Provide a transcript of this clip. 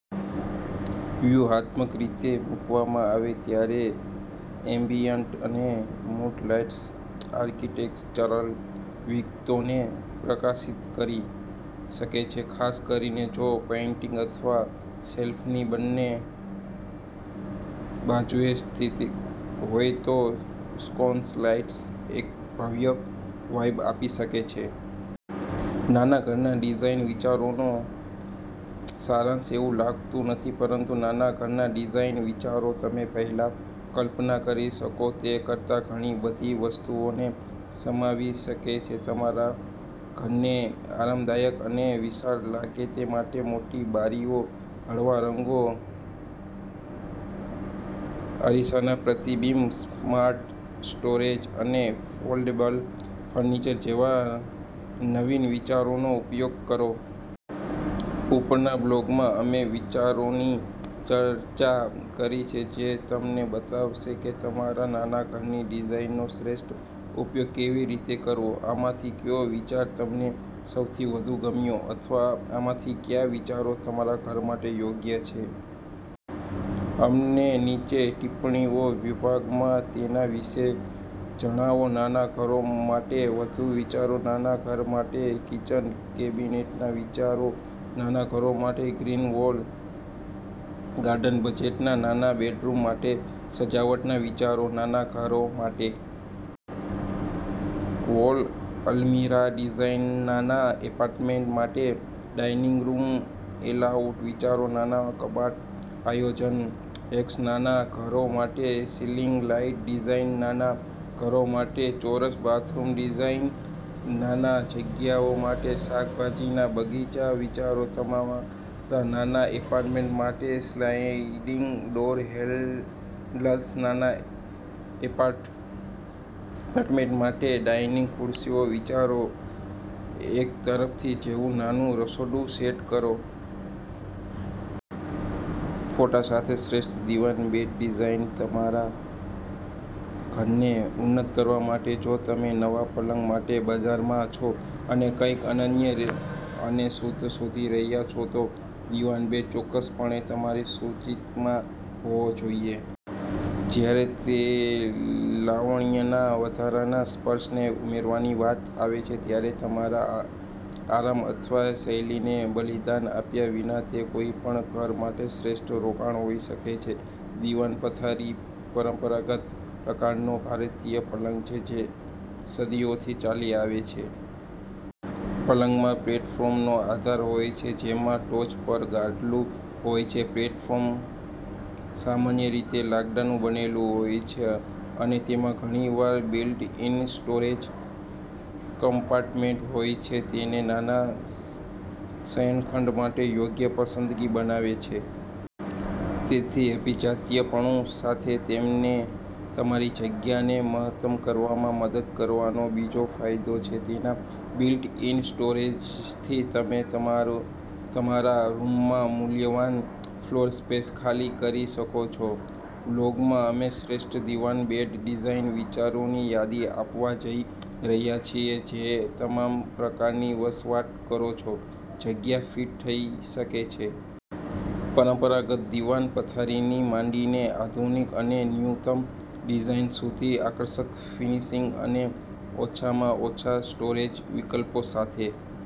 વ્યૂહાત્મક રીતે મૂકવામાં આવે ત્યારે એમ્બિયન્ટ અને મૂડ લાઇટ્સ આર્કિટેક્ચરલ વિગતોને પ્રકાશિત કરી શકે છે. ખાસ કરીને જો પેઇન્ટિંગ અથવા શેલ્ફની બંને બાજુએ સ્થિત હોય તો સ્કોન્સ લાઇટ્સ એક ભવ્ય વાઇબ આપી શકે છે. નાના ઘરના ડિઝાઇન વિચારોનો સારાંશ એવું લાગતું નથી, પરંતુ નાના ઘરના ડિઝાઇન વિચારો તમે પહેલા કલ્પના કરી શકો તે કરતાં ઘણી બધી વસ્તુઓને સમાવી શકે છે. તમારા ઘરને આરામદાયક અને વિશાળ લાગે તે માટે મોટી બારીઓ, હળવા રંગો, અરીસાના પ્રતિબિંબ, સ્માર્ટ સ્ટોરેજ અને ફોલ્ડેબલ ફર્નિચર જેવા નવીન વિચારોનો ઉપયોગ કરો. ઉપરના બ્લોગમાં, અમે વિચારોની ચર્ચા કરી છે જે તમને બતાવશે કે તમારા નાના ઘરની ડિઝાઇનનો શ્રેષ્ઠ ઉપયોગ કેવી રીતે કરવો. આમાંથી કયો વિચાર તમને સૌથી વધુ ગમ્યો? અથવા આમાંથી કયા વિચારો તમારા ઘર માટે યોગ્ય છે? અમને નીચે ટિપ્પણીઓ વિભાગમાં તેના વિશે જણાવો. નાના ઘરો માટે વધુ વિચારો નાના ઘર માટે કિચન કેબિનેટના વિચારો નાના ઘરો માટે ગ્રીન વોલ ગાર્ડન બજેટમાં નાના બેડરૂમ માટે સજાવટના વિચારો નાના ઘરો માટે વોલ અલમિરાહ ડિઝાઇન નાના એપાર્ટમેન્ટ્સ માટે ડાઇનિંગ રૂમ લેઆઉટ વિચારો નાના કબાટ આયોજન હેક્સ નાના ઘરો માટે સિલિંગ લાઇટ ડિઝાઇન નાના ઘરો માટે ચોરસ બાથરૂમ ડિઝાઇન નાની જગ્યાઓ માટે શાકભાજીના બગીચાના વિચારો તમારા નાના એપાર્ટમેન્ટ માટે સ્લાઇડિંગ ડોર હેન્ડલ્સ નાના એપાર્ટમેન્ટ્સ માટે ડાઇનિંગ ખુરશીના વિચારો એક તરફી જેવું નાનું રસોડું સેટ કરો ફોટા સાથે શ્રેષ્ઠ દીવાન બેડ ડિઝાઇનતમારા ઘરને ઉન્નત કરવા માટે જો તમે નવા પલંગ માટે બજારમાં છો અને કંઈક અનન્ય અને શુદ્ધ શોધી રહ્યાં છો, તો દિવાન બેડ ચોક્કસપણે તમારી સૂચિમાં હોવો જોઈએ. જ્યારે તે લાવણ્યના વધારાના સ્પર્શને ઉમેરવાની વાત આવે છે, ત્યારે તમારા આરામ અથવા શૈલીને બલિદાન આપ્યા વિના, તે કોઈપણ ઘર માટે શ્રેષ્ઠ રોકાણ હોઈ શકે છે. દીવાન પથારીપરંપરાગત પ્રકારનો ભારતીય પલંગ છે જે સદીઓથી ચાલી આવે છે. પલંગમાં પ્લેટફોર્મનો આધાર હોય છે જેમાં ટોચ પર ગાદલું હોય છે. પ્લેટફોર્મ સામાન્ય રીતે લાકડાનું બનેલું હોય છે અને તેમાં ઘણીવાર બિલ્ટ-ઇન સ્ટોરેજ કમ્પાર્ટમેન્ટ હોય છે. તેને નાના શયનખંડ માટે યોગ્ય પસંદગી બનાવે છે. તેથી, અભિજાત્યપણુ સાથે તેમને તમારી જગ્યાને મહત્તમ કરવામાં મદદ કરવાનો બીજો ફાયદો છે. તેના બિલ્ટ-ઇન સ્ટોરેજથી તમે તમારા રૂમમાં મૂલ્યવાન ફ્લોર સ્પેસ ખાલી કરી શકો છો. બ્લોગમાં અમે શ્રેષ્ઠ દિવાન બેડ ડિઝાઇન વિચારોની યાદી આપવા જઈ રહ્યા છીએ જે તમામ પ્રકારની વસવાટ કરો છો જગ્યામાં ફિટ થઈ શકે છે. પરંપરાગત દીવાન પથારીથી માંડીને આધુનિક અને ન્યૂનતમ ડિઝાઇન સુધી, આકર્ષક ફિનિશિંગ અને ઓછામાં ઓછા સ્ટોરેજ વિકલ્પો સાથે.